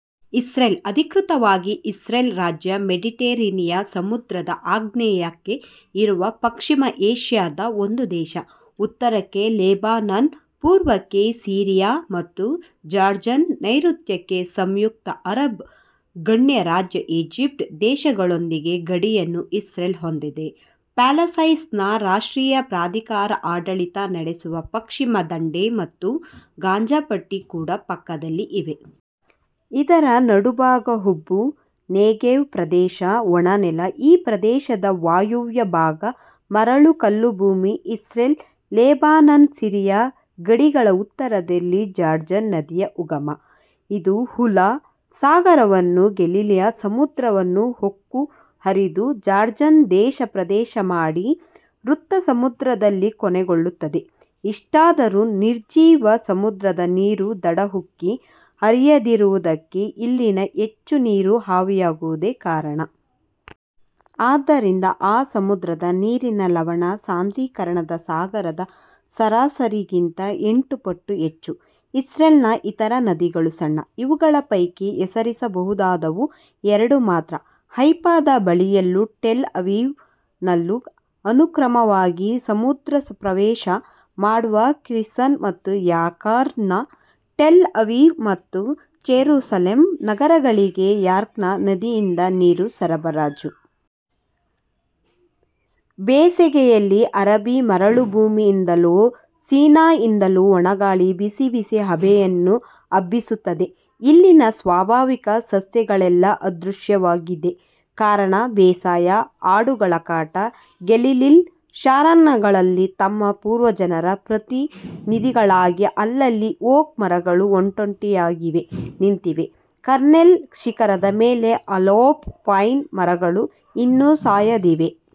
Israel, ಅಧಿಕೃತವಾಗಿ Israel ರಾಜ್ಯ, Mediterranean ಸಮುದ್ರ ದ ಆಗ್ನೇಯಕ್ಕೆ ಇರುವ ಪಶ್ಚಿಮ ಏಷ್ಯಾ ದ ಒಂದು ದೇಶ. ಉತ್ತರಕ್ಕೆ ಲೆಬನನ್, ಪೂರ್ವಕ್ಕೆ ಸಿರಿಯ ಮತ್ತು ಜಾರ್ಡನ್, ನೈರುತ್ಯಕ್ಕೆ ಸಂಯುಕ್ತ ಅರಬ್ ಗಣರಾಜ್ಯ ಈಜಿಪ್ಟ್ ದೇಶಗಳೊಂದಿಗೆ ಗಡಿಯನ್ನು ಇಸ್ರೇಲ್ ಹೊಂದಿದೆ. ಪ್ಯಾಲೆಸ್ತೈನ್ ರಾಷ್ಟ್ರೀಯ ಪ್ರಾಧಿಕಾರ ಆಡಳಿತ ನಡೆಸುವ ಪಶ್ಚಿಮ ದಂಡೆ ಮತ್ತು ಗಾಜಾ ಪಟ್ಟಿ ಕೂಡ ಪಕ್ಕದಲ್ಲಿ ಇವೆ. ಇದರ ನಡುಭಾಗ ಉಬ್ಬು. ನೆಗೆವ್ ಪ್ರದೇಶ ಒಣನೆಲ. ಈ ಪ್ರದೇಶದ ವಾಯವ್ಯಭಾಗ ಮರಳುಕಲ್ಲುಭೂಮಿ. ಇಸ್ರೇಲ್-ಲೆಬನಾನ್-ಸಿರಿಯ ಗಡಿಗಳ ಉತ್ತರದಲ್ಲಿ ಜಾರ್ಡನ್ ನದಿಯ ಉಗಮ. ಇದು ಹುಲ ಸಾಗರವನ್ನೂ ಗ್ಯಾಲಿಲೀ ಸಮುದ್ರವನ್ನು ಹೊಕ್ಕು ಹರಿದು, ಜಾರ್ಡನ್ ದೇಶ ಪ್ರದೇಶ ಮಾಡಿ, ವೃತ ಸಮುದ್ರದಲ್ಲಿ ಕೊನೆಗೊಳ್ಳುತ್ತದೆ. ಇಷ್ಟಾದರೂ ನಿರ್ಜೀವ ಸಮುದ್ರದ ನೀರು ದಡ ಉಕ್ಕಿ ಹರಿಯದಿರುವುದಕ್ಕೆ ಅಲ್ಲಿನ ಹೆಚ್ಚು ನೀರು ಆವಿಯಾಗುವುದೇ ಕಾರಣ. ಆದ್ದರಿಂದ ಆ ಸಮುದ್ರದ ನೀರಿನ ಲವಣ ಸಾಂದ್ರೀಕರಣ ಸಾಗರದ ಸರಾಸರಿಗಿಂತ ಎಂಟು ಪಟ್ಟು ಹೆಚ್ಚು. ಇಸ್ರೇಲಿನ ಇತರ ನದಿಗಳು ಸಣ್ಣ. ಇವುಗಳ ಪೈಕಿ ಹೆಸರಿಸಬಹುದಾದವು ಎರಡು ಮಾತ್ರ: ಹೈಫದ ಬಳಿಯಲ್ಲೂ ಟೆಲ್ ಅವೀವ್ ನಲ್ಲೂ ಅನುಕ್ರಮವಾಗಿ ಸಮುದ್ರ ಪ್ರವೇಶ ಮಾಡುವ ಕ್ವಿಸನ್ ಮತ್ತು ಯಾರ್ಕನ್. ಟೆಲ್ ಅವೀವ್ ಮತ್ತು ಚೆರೂಸಲೆಂ ನಗರಗಳಿಗೆ ಯಾರ್ಕನ್ ನದಿಯಿಂದ ನೀರು ಸರಬರಾಜು. ಬೇಸಗೆಯಲ್ಲಿ ಅರಬ್ಬೀ ಮರುಭೂಮಿಯಿಂದಲೋ ಸಿನಾಯ್ನಿಂದಲೋ ಒಣಗಾಳಿ ಬಿಸಿ ಬಿಸಿ ಹವೆಯನ್ನು ಹಬ್ಬಿಸುತ್ತದೆ. ಇಲ್ಲಿನ ಸ್ವಾಭಾವಿಕ ಸಸ್ಯಗಳೆಲ್ಲ ಅದೃಶ್ಯವಾಗಿದೆ. ಕಾರಣ ಬೇಸಾಯ, ಆಡುಗಳ ಕಾಟ, ಗ್ಯಾಲಿಲಿ, ಷರಾನ್ಗಳಲ್ಲಿ ತಮ್ಮ ಪೂರ್ವಜರ ಪ್ರತಿ ನಿಧಿಗಳಾಗಿ ಅಲ್ಲಲ್ಲಿ ಓಕ್ ಮರಗಳು ಒಂಟೊಂಟಿಯಾಗಿ ನಿಂತಿವೆ. ಕಾರ್ಮೆಲ್ ಶಿಖರದ ಮೇಲೆ ಅಲೆಪ್ಪೊ ಪೈನ್ ಮರಗಳು ಇನ್ನೂ ಸಾಯದಿವೆ.